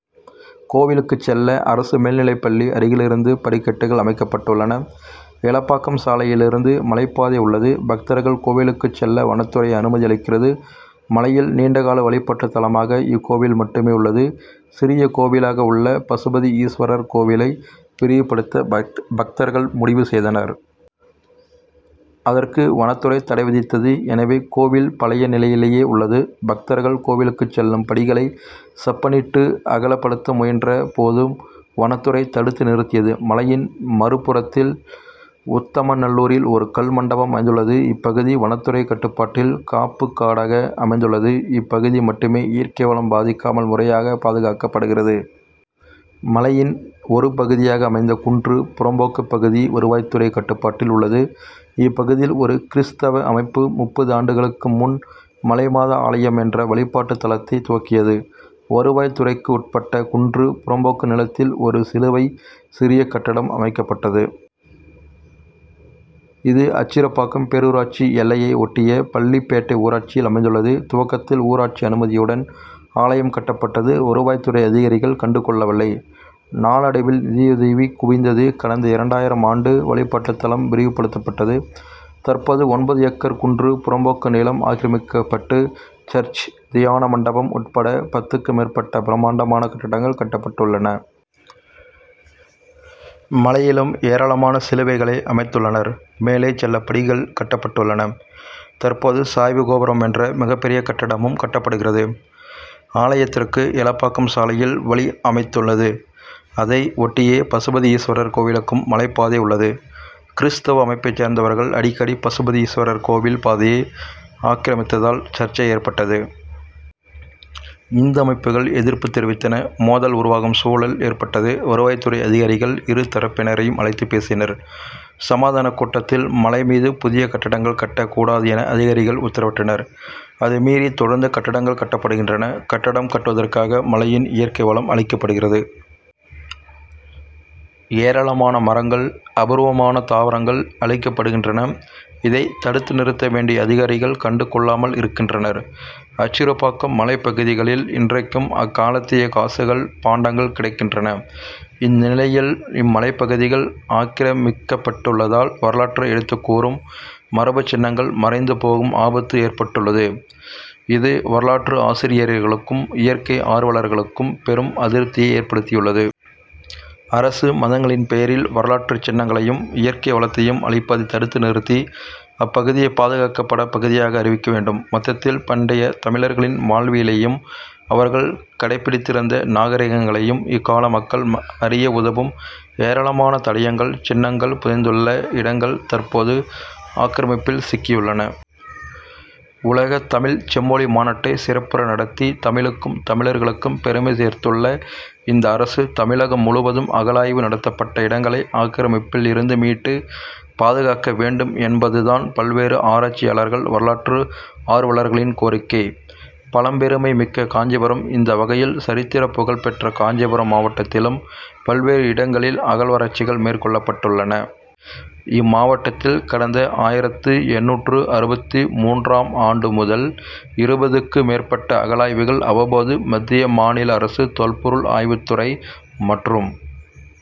கோவிலுக்கு செல்ல அரசு மேல்நிலைப்பள்ளி அருகிலிருந்து படிக்கட்டுகள் அமைக்கப்பட்டுள்ளன. எலப்பாக்கம் சாலையிலிருந்து மலைப்பாதை உள்ளது. பக்தர்கள் கோவிலுக்கு செல்ல வனத்துறை அனுமதி அளிக்கிறது. மலையில் நீண்டகால வழிபாட்டு தலமாக இக்கோவில் மட்டுமே உள்ளது. சிறிய கோவிலாக உள்ள பசுபதி ஈஸ்வரர் கோவிலை விரிவுபடுத்த பக்தர்கள் முடிவு செய்தனர். அதற்கு வனத்துறை தடை விதித்தது. எனவே கோவில் பழைய நிலையிலேயே உள்ளது. பக்தர்கள் கோவிலுக்கு செல்லும் படிகளை செப்பனிட்டு அகலப்படுத்த முயன்ற போதும் வனத்துறை தடுத்து நிறுத்தியது. மலையின் மறுபுறத்தில் உத்தமநல்லூரில் ஒரு கல் மண்டபம் அமைந்துள்ளது. இப்பகுதி வனத்துறை கட்டுப்பாட்டில் காப்புக்காடாக அமைந்துள்ளது. இப்பகுதி மட்டுமே இயற்கை வளம் பாதிக்காமல் முறையாக பாதுகாக்கப்படுகிறது. மலையின் ஒரு பகுதியாக அமைந்த குன்று புறம்போக்கு பகுதி வருவாய்த்துறை கட்டுப்பாட்டில் உள்ளது. இப்பகுதியில் ஒரு கிறிஸ்தவ அமைப்பு முப்பது ஆண்டுகளுக்கு முன் மலைமாதா ஆலயம் என்ற வழிபாட்டு தலத்தை துவக்கியது. வருவாய் துறைக்குட்பட்ட குன்று புறம்போக்கு நிலத்தில் ஒரு சிலுவை, சிறிய கட்டடம் அமைக்கப்பட்டது. இது அச்சிறுப்பாக்கம் பேரூராட்சி எல்லையை ஒட்டிய பள்ளிப்பேட்டை ஊராட்சியில் அமைந்துள்ளது. துவக்கத்தில் ஊராட்சி அனுமதியுடன் ஆலயம் கட்டப்பட்டது. வருவாய்த் துறை அதிகாரிகள் கண்டுகொள்ளவில்லை. நாளடைவில் நிதியுதவி குவிந்தது. கடந்த இரண்டாயிரம் ஆண்டு வழிபாட்டுத்தலம் விரிவுபடுத்தப்பட்டது. தற்போது ஒன்பது ஏக்கர் குன்று புறம்போக்கு நிலம் ஆக்கிரமிக்கப்பட்டு சர்ச், தியான மண்டபம் உட்பட பத்துக்கும் மேற்பட்ட பிரமாண்டமான கட்டடங்கள் கட்டப்பட்டுள்ளன. மலையிலும் ஏராளமான சிலுவைகளை அமைத்துள்ளனர். மேலே செல்ல படிகள் கட்டப்பட்டுள்ளன. தற்போது சாய்வு கோபுரம் என்ற மிகப்பெரிய கட்டடமும் கட்டப்படுகிறது. ஆலயத்திற்கு எலப்பாக்கம் சாலையில் வழி அமைந்துள்ளது. அதை ஒட்டியே பசுபதி ஈஸ்வரர் கோவிலுக்கும் மலைப்பாதை உள்ளது. கிறிஸ்தவ அமைப்பை சேர்ந்தவர்கள் அடிக்கடி பசுபதி ஈஸ்வரர் கோவில் பாதையை ஆக்கிரமித்ததால் சர்ச்சை ஏற்பட்டது. இந்து அமைப்புகள் எதிர்ப்பு தெரிவித்தன. மோதல் உருவாகும் சூழல் ஏற்பட்டது. வருவாய் துறை அதிகாரிகள் இரு தரப்பினரையும் அழைத்து பேசினர். சமாதானக் கூட்டத்தில் மலை மீது புதிய கட்டடங்கள் கட்டக் கூடாது என அதிகாரிகள் உத்தரவிட்டனர். அதை மீறி தொடர்ந்து கட்டடங்கள் கட்டப்படுகின்றன. கட்டடம் கட்டுவதற்காக மலையின் இயற்கை வளம் அழிக்கப்படுகிறது. ஏராளமான மரங்கள், அபூர்வமான தாவரங்கள் அழிக்கப்படுகின்றன. இதை தடுத்து நிறுத்த வேண்டிய அதிகாரிகள் கண்டுகொள்ளாமல் இருக்கின்றனர். அச்சிறுப்பாக்கம் மலைப்பகுதிகளில் இன்றைக்கும் அக்காலத்திய காசுகள், பாண்டங்கள் கிடைக்கின்றன. இந்நிலையில், இம்மலைப்பகுதிகள் ஆக்கிரமிக்கப்பட்டுள்ளதால், வரலாற்றை எடுத்துக் கூறும் மரபுச் சின்னங்கள் மறைந்து போகும் ஆபத்து ஏற்பட்டுள்ளது. இது வரலாற்று ஆசிரியர்களுக்கும், இயற்கை ஆர்வலர்களுக்கும் பெரும் அதிருப்தியை ஏற்படுத்தியுள்ளது. அரசு மதங்களின் பெயரில், வரலாற்று சின்னங்களையும், இயற்கை வளத்தையும் அழிப்பதை தடுத்து நிறுத்தி அப்பகுதியை பாதுகாக்கப்பட்ட பகுதியாக அறிவிக்க வேண்டும். மொத்தத்தில், பண்டைய தமிழர்களின் வாழ்வியலையும், அவர்கள் கடைபிடித்திருந்த நாகரிகங்களையும், இக்கால மக்கள் அறிய உதவும் ஏராளமான தடயங்கள், சின்னங்கள் புதைந்துள்ள இடங்கள் தற்போது ஆக்கிரமிப்பில் சிக்கியுள்ளன. உலகத் தமிழ்ச் செம்மொழி மாநாட்டை சிறப்புற நடத்தி, தமிழுக்கும், தமிழர்களுக்கும் பெருமை சேர்த்துள்ள இந்த அரசு, தமிழகம் முழுவதும் அகழாய்வு நடத்தப்பட்ட இடங்களை ஆக்கிரமிப்பில் இருந்து மீட்டு, பாதுகாக்க வேண்டும் என்பது தான் பல்வேறு ஆராய்ச்சியாளர்கள், வரலாற்று ஆர்வலர்களின் கோரிக்கை. பழம் பெருமை மிக்க காஞ்சிபுரம் இந்த வகையில், சரித்திரப் புகழ் பெற்ற காஞ்சிபுரம் மாவட்டத்திலும் பல்வேறு இடங்களில் அகழ்வாராய்ச்சிகள் மேற்கொள்ளப்பட்டுள்ளன. இம்மாவட்டத்தில் கடந்த ஆயிரத்து எண்ணூற்று அறுபத்து மூன்றாம் ஆண்டு முதல் இருபதுக்கும் மேற்பட்ட அகழாய்வுகள் அவ்வப்போது மத்திய, மாநில அரசு தொல்பொருள் ஆய்வுத்துறை மற்றும்